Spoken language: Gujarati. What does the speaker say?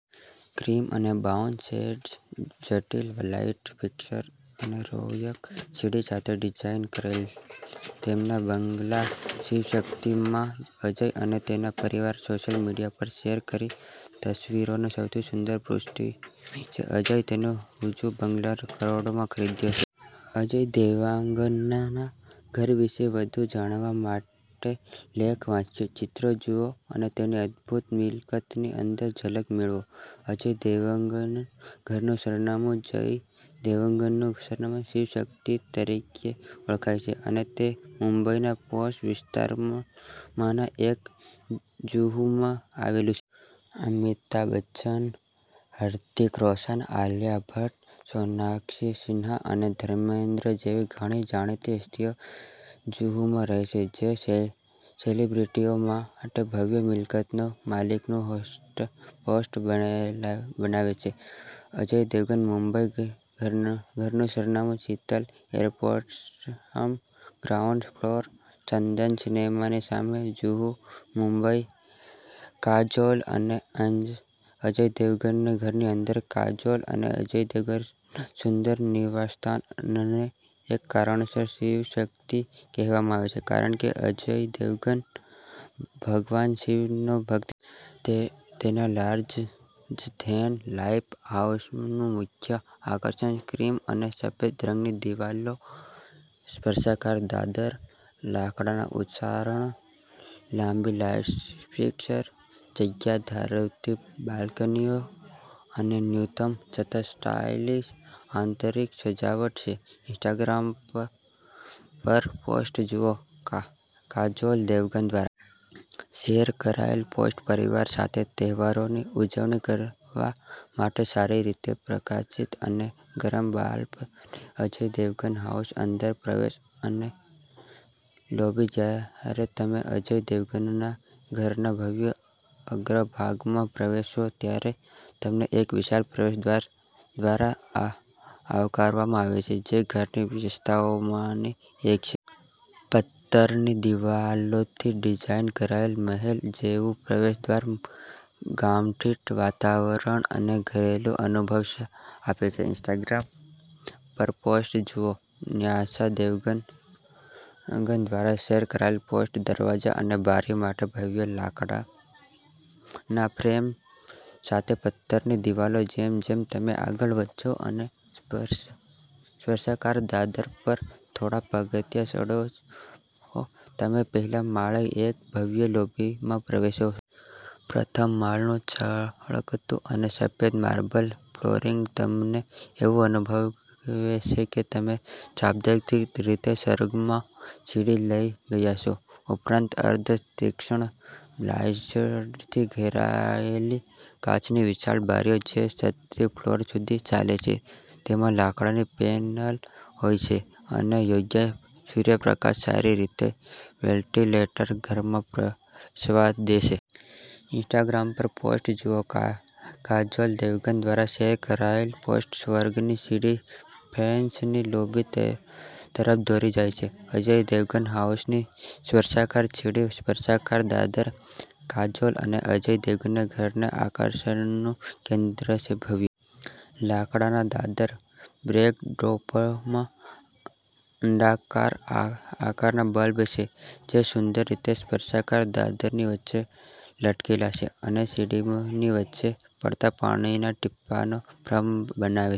ક્રીમ અને બ્રાઉન શેડ્સ, જટિલ લાઇટ ફિક્સર અને રોયલ સીડી સાથે ડિઝાઇન કરાયેલ, તેમના બંગલા 'શિવશક્તિ'માં અજય અને તેના પરિવારે સોશિયલ મીડિયા પર શેર કરેલી તસવીરોમાં સૌથી સુંદર પૃષ્ઠભૂમિ છે. અજયે તેનો જુહુ બંગલો કરોડમાં ખરીદ્યો હતો. અજય દેવગનના ઘર વિશે વધુ જાણવા માટેલેખ વાંચો, ચિત્રો જુઓ અને તેની અદભૂત મિલકતની અંદરની ઝલક મેળવો. અજય દેવગન ઘરનું સરનામું અજય દેવગનનું ઘર 'શિવશક્તિ' તરીકે ઓળખાય છે અને તે મુંબઈના પોશ વિસ્તારોમાંના એક જુહુમાં આવેલું છે. અમિતાભ બચ્ચન, હૃતિક રોશનઆલિયા ભટ્ટ, સોનાક્ષી સિન્હા અને ધર્મેન્દ્ર જેવી ઘણી જાણીતી હસ્તીઓ જુહુમાં રહે છે, જે સેલિબ્રિટીઓ માટે ભવ્ય મિલકતોની માલિકીનું હોટસ્પોટ બનાવે છે. અજય દેવગન મુંબઈ ઘરનું સરનામું/, Sheetal apartments, ground floor, Chandan સિનેમાની સામે, જુહુ, મુંબઈ કાજોલ અને અજય દેવગન ઘરની અંદર કાજોલ અને અજય દેવગનના સુંદર નિવાસસ્થાનને એક કારણસર 'શિવશક્તિ' કહેવામાં આવે છે, કારણ કે અજય દેવગન ભગવાન શિવનો ભક્ત છે. તેમના લાર્જર-ધેન-લાઇફ હાઉસનું મુખ્ય આકર્ષણ ક્રીમ અને સફેદ રંગની દિવાલો, સર્પાકાર દાદર, લાકડાના ઉચ્ચારણ, લાંબી લાઈટ ફિક્સર, જગ્યા ધરાવતી બાલ્કનીઓ અને ન્યૂનતમ છતાં સ્ટાઇલિશ આંતરિક સજાવટ છે. ઇન્સ્ટાગ્રામ પરપોસ્ટ જુઓ કાજોલ દેવગન દ્વારા શેર કરાયેલ પોસ્ટ પરિવાર સાથે તહેવારોની ઉજવણી કરવા માટે સારી રીતે પ્રકાશિત અને ગરમ બાલ્કની અજય દેવગન હાઉસની અંદર પ્રવેશ અને લોબી જ્યારે તમે અજય દેવગનના ઘરના ભવ્ય અગ્રભાગમાં પ્રવેશો છો, ત્યારે તમને એક વિશાળ પ્રવેશદ્વાર દ્વારા આવકારવામાં આવે છે જે ઘરની વિશેષતાઓમાંની એક છે. પથ્થરની દિવાલોથી ડિઝાઇન કરાયેલ, મહેલ જેવું પ્રવેશદ્વાર ગામઠી વાતાવરણ અને ઘરેલું અનુભૂતિ આપે છે. ઇન્સ્ટાગ્રામ પરપોસ્ટ જુઓ ન્યાસા દેવગન દ્વારા શેર કરાયેલ પોસ્ટ દરવાજા અને બારીઓ માટે ભવ્ય લાકડાના ફ્રેમ સાથે પથ્થરની દિવાલો જેમ જેમ તમે આગળ વધો છો અને સર્પાકાર દાદર પર થોડા પગથિયાં ચઢો છો, તમે પહેલા માળે એક ભવ્ય લોબીમાં પ્રવેશો છો. પ્રથમ માળનું ચળકતું અને સફેદ માર્બલ ફ્લોરિંગ તમને એવું અનુભવે છે કે તમે શાબ્દિક રીતે સ્વર્ગમાં સીડી લઈ ગયા છો. ઉપરાંત, અર્ધ-તીક્ષ્ણ બ્લાઇંડર્સથી ઘેરાયેલી, કાચની વિશાળ બારીઓ જે છતથી ફ્લોર સુધી ચાલે છે તેમાં લાકડાની પેનલ હોય છે અને યોગ્ય સૂર્યપ્રકાશ સારી રીતે વેન્ટિલેટેડ ઘરમાં પ્રવેશવા દે છે. ઇન્સ્ટાગ્રામ પરપોસ્ટ જુઓ કાજોલ દેવગન દ્વારા શેર કરાયેલ પોસ્ટ સ્વર્ગની સીડી ફેન્સી લોબી તરફ દોરી જાય છે અજય દેવગન હાઉસની સર્પાકાર સીડી સર્પાકાર દાદર કાજોલ અને અજય દેવગનના ઘરના આકર્ષણનું કેન્દ્ર છે. ભવ્ય લાકડાના દાદરના બેકડ્રોપમાં અંડાકાર આકારના બલ્બ છે જે સુંદર રીતે સર્પાકાર દાદરની વચ્ચે લટકેલા છે અને સીડીની વચ્ચે પડતા પાણીના ટીપાંનો ભ્રમ બનાવે